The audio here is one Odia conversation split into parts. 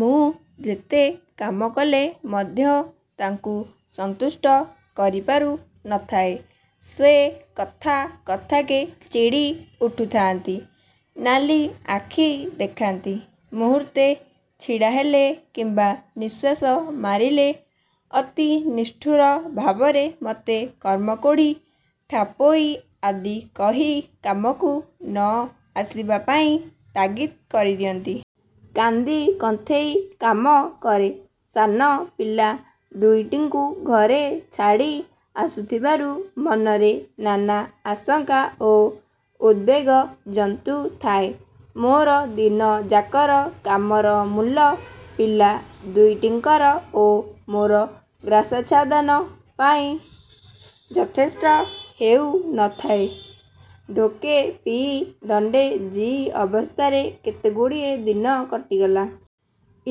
ମୁଁ ଯେତେ କାମ କଲେ ମଧ୍ୟ ତାଙ୍କୁ ସନ୍ତୁଷ୍ଟ କରିପାରୁ ନ ଥାଏ, ସେ କଥା କଥାକେ ଚିଡ଼ି ଉଠୁଥାଆନ୍ତି, ନାଲି ଆଖି ଦେଖାନ୍ତି। ମୁହୂର୍ତ୍ତେ ଛିଡ଼ାହେଲେ କିମ୍ବା ନିଶ୍ୱାସ ମାରିଲେ ଅତି ନିଷ୍ଠୁର ଭାବରେ ମୋତେ କର୍ମକୋଢ଼ି, ଠାପୋଈ ଆଦି କହି କାମକୁ ନ ଆସିବା ପାଇଁ ତାଗିଦ୍ କରିଦିଅନ୍ତି। କାନ୍ଦି କନ୍ଥେଇ କାମ କରେ। ସାନ ପିଲା ଦୁଇଟିଙ୍କୁ ଘରେ ଛାଡ଼ି ଆସୁଥିବାରୁ ମନରେ ନାନା ଆଶଙ୍କା ଓ ଉଦବେଗ ଜନ୍ତୁଥାଏ। ମୋର ଦିନଯାକର କାମର ମୂଲ ପିଲା ଦୁଇଟିଙ୍କର ଓ ମୋର ଗ୍ରାସାଚ୍ଛାଦନ ପାଇଁ ଯଥେଷ୍ଟ ହେଉ ନ ଥାଏ। ଢୋକେ ପିଇ ଦଣ୍ତେ ଜୀଇ ଅବସ୍ଥାରେ କେତେଗୁଡ଼ିଏ ଦିନ କଟିଗଲା।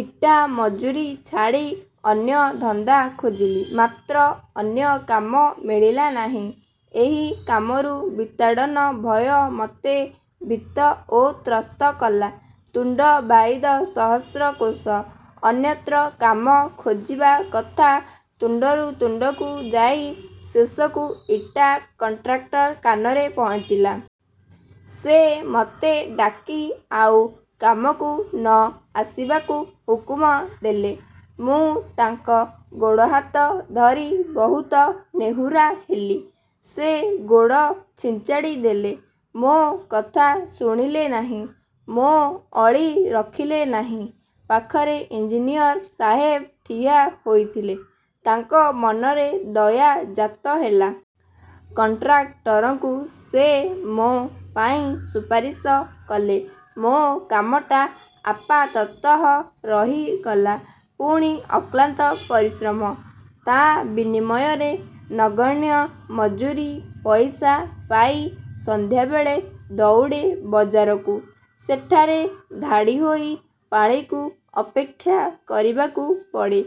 ଇଟା ମଜୁରୀ ଛାଡ଼ି ଅନ୍ୟ ଧନ୍ଦା ଖୋଜିଲି, ମାତ୍ର ଅନ୍ୟ କାମ ମିଳିଲା ନାହିଁ। ଏହି କାମରୁ ବିତାଡ଼ନ ଭୟ ମୋତେ ଭୀତ ଓ ତ୍ରସ୍ତ କଲା। ତୁଣ୍ତ ବାଇଦ ସହସ୍ର କୋଶ। ଅନ୍ୟତ୍ର କାମ ଖୋଜିବା କଥା ତୁଣ୍ତରୁ ତୁଣ୍ତକୁ ଯାଇ ଶେଷକୁ ଇଟା କଣ୍ଟ୍ରାକ୍ଟର କାନରେ ପହଞ୍ଚିଲା। ସେ ମତେ ଡାକି ଆଉ କାମକୁ ନ ଆସିବାକୁ ହୁକୁମ ଦେଲେ। ମୁଁ ତାଙ୍କ ଗୋଡ଼ହାତ ଧରି ବହୁତ ନେହୁରା ହେଲି। ସେ ଗୋଡ଼ ଛିଞ୍ଚାଡ଼ି ଦେଲେ। ମୋ କଥା ଶୁଣିଲେ ନାହିଁ। ମୋ ଅଳି ରଖିଲେ ନାହିଁ। ପାଖରେ ଇଞ୍ଜିନିୟର ସାହେବ ଠିଆ ହୋଇଥିଲେ, ତାଙ୍କ ମନରେ ଦୟା ଜାତ ହେଲା। କଣ୍ଟ୍ରାକ୍ଟରଙ୍କୁ ସେ ମୋ ପାଇଁ ସୁପାରିଶ କଲେ, ମୋ କାମଟା ଆପାତତଃ ରହିଗଲା। ପୁଣି ଅକ୍ଳାନ୍ତ ପରିଶ୍ରମ। ତା ବିନିମୟରେ ନଗଣ୍ୟ ମଜୁରୀ ପଇସା ପାଇ ସନ୍ଧ୍ୟାବେଳେ ଦଉଡ଼େ ବଜାରକୁ। ସେଠାରେ ଧାଡ଼ିହୋଇ ପାଳିକୁ ଅପେକ୍ଷା କରିବାକୁ ପଡ଼େ।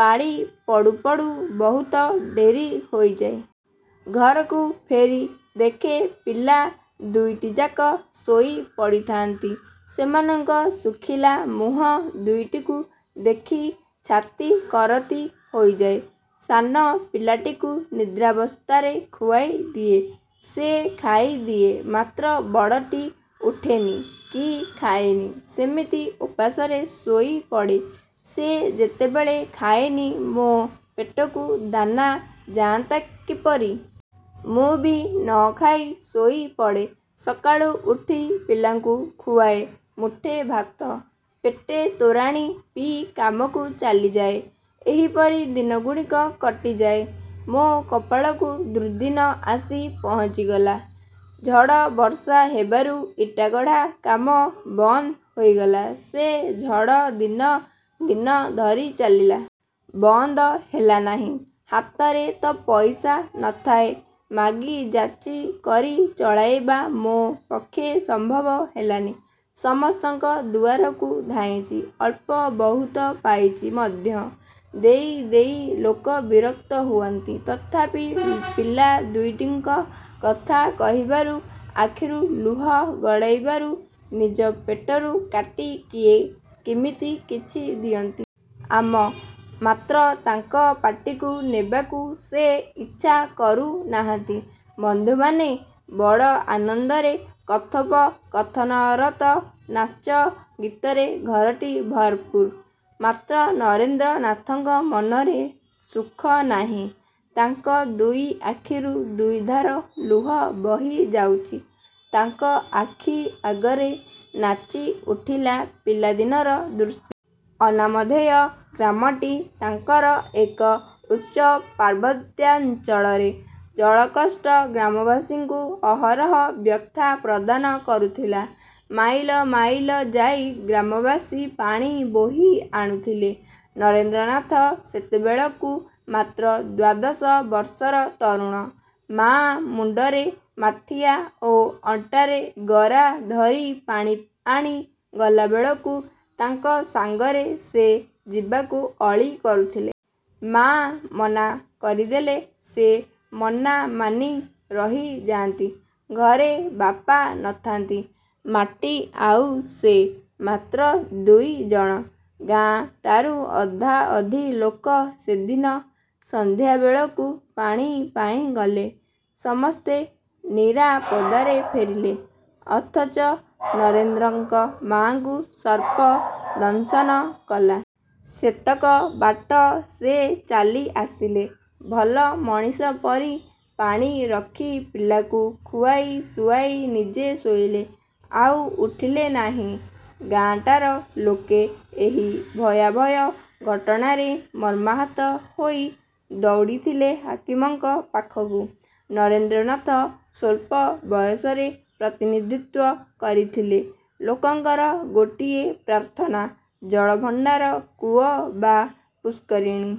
ପାଳି ପଡ଼ୁ ପଡ଼ୁ ବହୁତ ଡେରି ହୋଇଯାଏ। ଘରକୁ ଫେରି ଦେଖେ ପିଲା ଦୁଇଟିଯାକ ଶୋଇ ପଡ଼ିଥାନ୍ତି। ସେମାନଙ୍କ ଶୁଖିଲା ମୁହଁ ଦୁଇଟିକୁ ଦେଖି ଛାତି କରତି ହୋଇଯାଏ। ସାନ ପିଲାଟିକୁ ନିଦ୍ରାବସ୍ଥାରେ ଖୁଆଇ ଦିଏ। ସେ ଖାଇଦିଏ, ମାତ୍ର ବଡ଼ଟି ଉଠେନି କି ଖାଏନି। ସେମିତି ଓପାସରେ ଶୋଇପଡ଼େ। ସେ ଯେତେବେଳେ ଖାଏନି, ମୋ ପେଟକୁ ଦାନା ଯାଆନ୍ତା କିପରି? ମୁଁ ବି ନ ଖାଇ ଶୋଇପଡ଼େ। ସକାଳୁ ଉଠି ପିଲାଙ୍କୁ ଖୁଆଏ ମୁଠେ ଭାତ, ପେଟେ ତୋରାଣି ପିଇ କାମକୁ ଚାଲିଯାଏ। ଏହିପରି ଦିନଗୁଡ଼ିକ କଟିଯାଏ। ମୋ କପାଳକୁ ଦୁର୍ଦ୍ଦିନ ଆସି ପହଞ୍ଚିଗଲା। ଝଡ଼ ବର୍ଷା ହେବାରୁ ଇଟାଗଢ଼ା କାମ ବନ୍ଦ ହୋଇଗଲା। ସେ ଝଡ଼ ଦିନ ଦିନ ଧରି ଚାଲିଲା। ବନ୍ଦ ହେଲାନାହିଁ-। ହାତରେ ତ ପଇସା ନ ଥାଏ, ମାଗିଯାଚି, କରି ଚଳାଇବା ମୋ ପକ୍ଷେ ସମ୍ଭବ ହେଲାନି-। ସମସ୍ତଙ୍କ ଦୁଆରକୁ ଧାଇଁଚି। ଅଳ୍ପ ବହୁତ ପାଇଚି ମଧ୍ୟ। ଦେଇ ଦେଇ ଲୋକ ବିରକ୍ତ ହୁଅନ୍ତି। ତଥାପି ପିଲା ଦୁଇଟିଙ୍କ କଥା କହିବାରୁ, ଆଖିରୁ ଲୁହ ଗଡ଼ାଇବାରୁ ନିଜ ପେଟରୁ କାଟି କିଏ କିମିତି କିଛି ଦିଅନ୍ତି। ଆମ। ମାତ୍ର ତାଙ୍କ ପାଟିକୁ ନେବାକୁ ସେ ଇଚ୍ଛା କରୁ ନାହାନ୍ତି। ବନ୍ଧୁମାନେ ବଡ଼ ଆନନ୍ଦରେ କଥୋପକଥନରତ-। ନାଚ ଗୀତରେ ଘରଟି ଭରପୂର। ମାତ୍ର ନରେନ୍ଦ୍ରନାଥଙ୍କ ମନରେ ସୁଖ ନାହିଁ-। ତାଙ୍କ ଦୁଇ ଆଖିରୁ ଦୁଇଧାର ଲୁହ ବହିଯାଉଛି। ତାଙ୍କ ଆଖି ଆଗରେ ନାଚି ଉଠିଲା ପିଲାଦିନର ଦୃଶ୍ୟ। ଅନାମଧେୟ ଗ୍ରାମଟି ତାଙ୍କର ଏକ ଉଚ୍ଚ ପାର୍ବତ୍ୟାଞ୍ଚଳରେ। ଜଳକଷ୍ଟ ଗ୍ରାମବାସୀଙ୍କୁ ଅହରହ ବ୍ୟଥା ପ୍ରଦାନ କରୁଥିଲା। ମାଇଲ ମାଇଲ ଯାଇ ଗ୍ରାମବାସୀ ପାଣି ବୋହି ଆଣୁଥିଲେ-। ନରେନ୍ଦ୍ରନାଥ ସେତେବେଳକୁ ମାତ୍ର ଦ୍ୱାଦଶ ବର୍ଷର ତରୁଣ, ମା ମୁଣ୍ତରେ ମାଠିଆ ଓ ଅଣ୍ଟାରେ ଗରା ଧରି ପାଣି ଆଣି ଗଲାବେଳକୁ ତାଙ୍କ ସାଙ୍ଗରେ ସେ ଯିବାକୁ ଅଳି କରୁଥିଲେ। ମା ମନା କରିଦେଲେ, ସେ ମନା ମାନି ରହିଯାଆନ୍ତି। ଘରେ ବାପା ନ ଥାଆନ୍ତି। ମା'ଟି ଆଉ ସେ, ମାତ୍ର ଦୁଇଜଣ। ଗାଁ ଟାରୁ ଅଧାଅଧି ଲୋକ ସେଦିନ ସନ୍ଧ୍ୟାବେଳକୁ ପାଣି ପାଇଁ ଗଲେ। ସମସ୍ତେ ନିରାପଦାରେ ଫେରିଲେ-। ଅଥଚ ନରେନ୍ଦ୍ରଙ୍କ ମା'ଙ୍କୁ ସର୍ପ ଦଂଶନ କଲା। ସେତକ ବାଟ ସେ ଚାଲି ଆସିଲେ। ଭଲ ମଣିଷ ପରି ପାଣି ରଖି ପିଲାକୁ ଖୁଆଇ ଶୁଆଇ ନିଜେ ଶୋଇଲେ, ଆଉ ଉଠିଲେ ନାହିଁ। ଗାଁଟାର ଲୋକେ ଏହି ଭୟାଭୟ ଘଟଣାରେ ମର୍ମାହତ ହୋଇ ଦଉଡ଼ିଥିଲେ ହାକିମଙ୍କ ପାଖକୁ। ନରେନ୍ଦ୍ରନାଥ ସ୍ୱଳ୍ପ ବୟସରେ ପ୍ରତିନିଧିତ୍ୱ କରିଥିଲେ। ଲୋକଙ୍କର ଗୋଟିଏ ପ୍ରାର୍ଥନା—ଜଳଭଣ୍ତାର, କୂଅ ବା ପୁଷ୍କରିଣୀ।